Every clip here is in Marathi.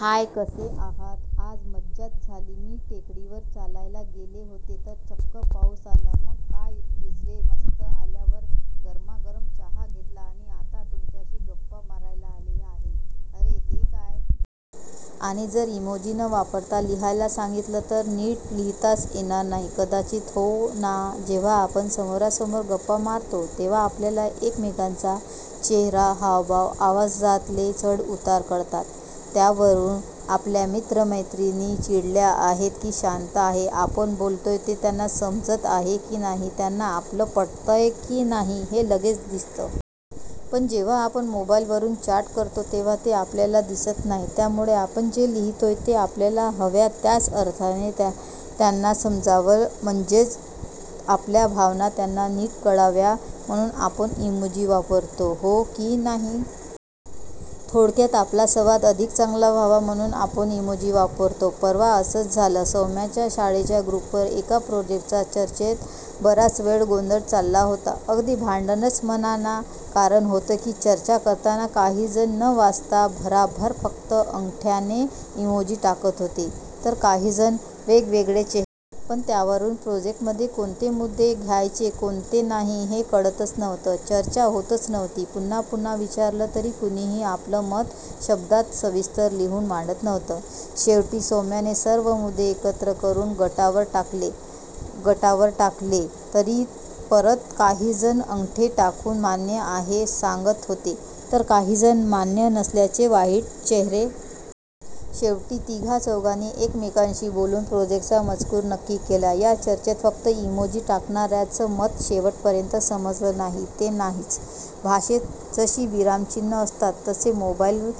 हाय! कसे आहात? आज मज्जाच झाली. मी टेकडीवर चालायला गेले होते तर चक्क पाऊस आला. मग काय भिजले मस्त. आल्यावर गरमागरम चहा घेतला आणि आता तुमच्याशी गप्पा मारायला आले आहे. अरे हे काय? आणि जर इमोजी न वापरता लिहायला सांगितलं तर? तर नीट लिहिताच येणार नाही कदाचित! हो ना? जेव्हा आपण समोरासमोर गप्पा मारतो तेव्हा आपल्याला एकमेकांचा चेहरा, हावभाव, आवाजातले चढउतार कळतात. त्यावरून आपल्या मित्रमैत्रिणी चिडल्या आहेत की शांत आहेत, आपण बोलतोय ते त्यांना समजतं आहे की नाही, त्यांना आपलं पटतंय की नाही हे लगेच दिसतं. पण जेव्हा आपण मोबाइलवरून चॅट करतो, तेव्हा ते आपल्याला दिसत नाहीत. त्यामुळे आपण जे लिहितोय ते आपल्याला हव्या त्याच अर्थाने त्यांना समजावं म्हणजेच आपल्या भावना त्यांना नीट कळाव्या म्हणून आपण इमोजी वापरतो, हो की नाही? थोडक्यात आपला संवाद अधिक चांगला व्हावा म्हणून आपण इमोजी वापरतो. परवा असंच झालं, सौम्याच्या शाळेच्या ग्रुपवर एका प्रोजेक्टच्या चर्चेत बराच वेळ गोंधळ चालला होता. अगदी भांडणंच म्हणा ना! कारण होतं की चर्चा करताना काहीजण न वाचता भराभर फक्त अंगठ्याचे इमोजी टाकत होते, तर काहीजण वेगवेगळे चेहरे! पण त्यावरून प्रोजेक्टमध्ये कोणते मुद्दे घ्यायचे, कोणते नाही, हे कळतंच नव्हतं. चर्चा होतच नव्हती. पुन्हा पुन्हा विचारलं तरी कुणीही आपलं मत शब्दांत सविस्तर लिहून मांडत नव्हतं. शेवटी सौम्याने सर्व मुद्दे एकत्र करून गटावर टाकले, तरी परत काहीजण अंगठे टाकून मान्य आहे सांगत होते, तर काहीजण मान्य नसल्याचे वाईट चेहरे. शेवटी तिघा-चौघांनी एकमेकांशी बोलून प्रोजेक्टचा मजकूर नक्की केला. या चर्चेत फक्त इमोजी टाकणाऱ्यांचं मत शेवटपर्यंत समजलं नाही ते नाहीच. भाषेत जशी विरामचिन्हं असतात, तसे मोबाइल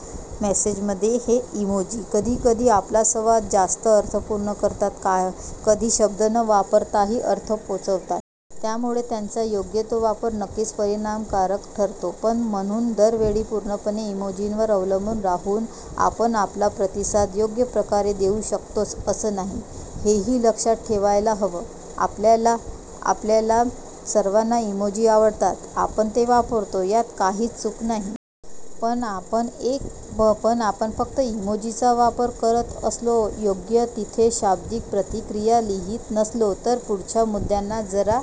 मेसेजमधले हे इमोजी. कधीकधी आपला संवाद जास्त अर्थपूर्ण करतात, कधी शब्द न वापरताही अर्थ पोहोचवतात. त्यामुळे त्यांचा योग्य तो वापर नक्कीच परिणामकारक ठरतो, पण म्हणून दरवेळी पूर्णपणे इमोजींवर अवलंबून राहून आपण आपला प्रतिसाद योग्यप्रकारे देऊ शकतोच असं नाही, हेही लक्षात ठेवायला हवं. आपल्याला सर्वांना इमोजी आवडतात. आपण ते वापरतो, यात काहीच चूक नाही. पण आपण फक्त इमोजींचा वापर करत असलो, योग्य तिथे शाब्दिक प्रतिक्रिया लिहित नसलो, तर पुढच्या मुद्द्यांचा जरा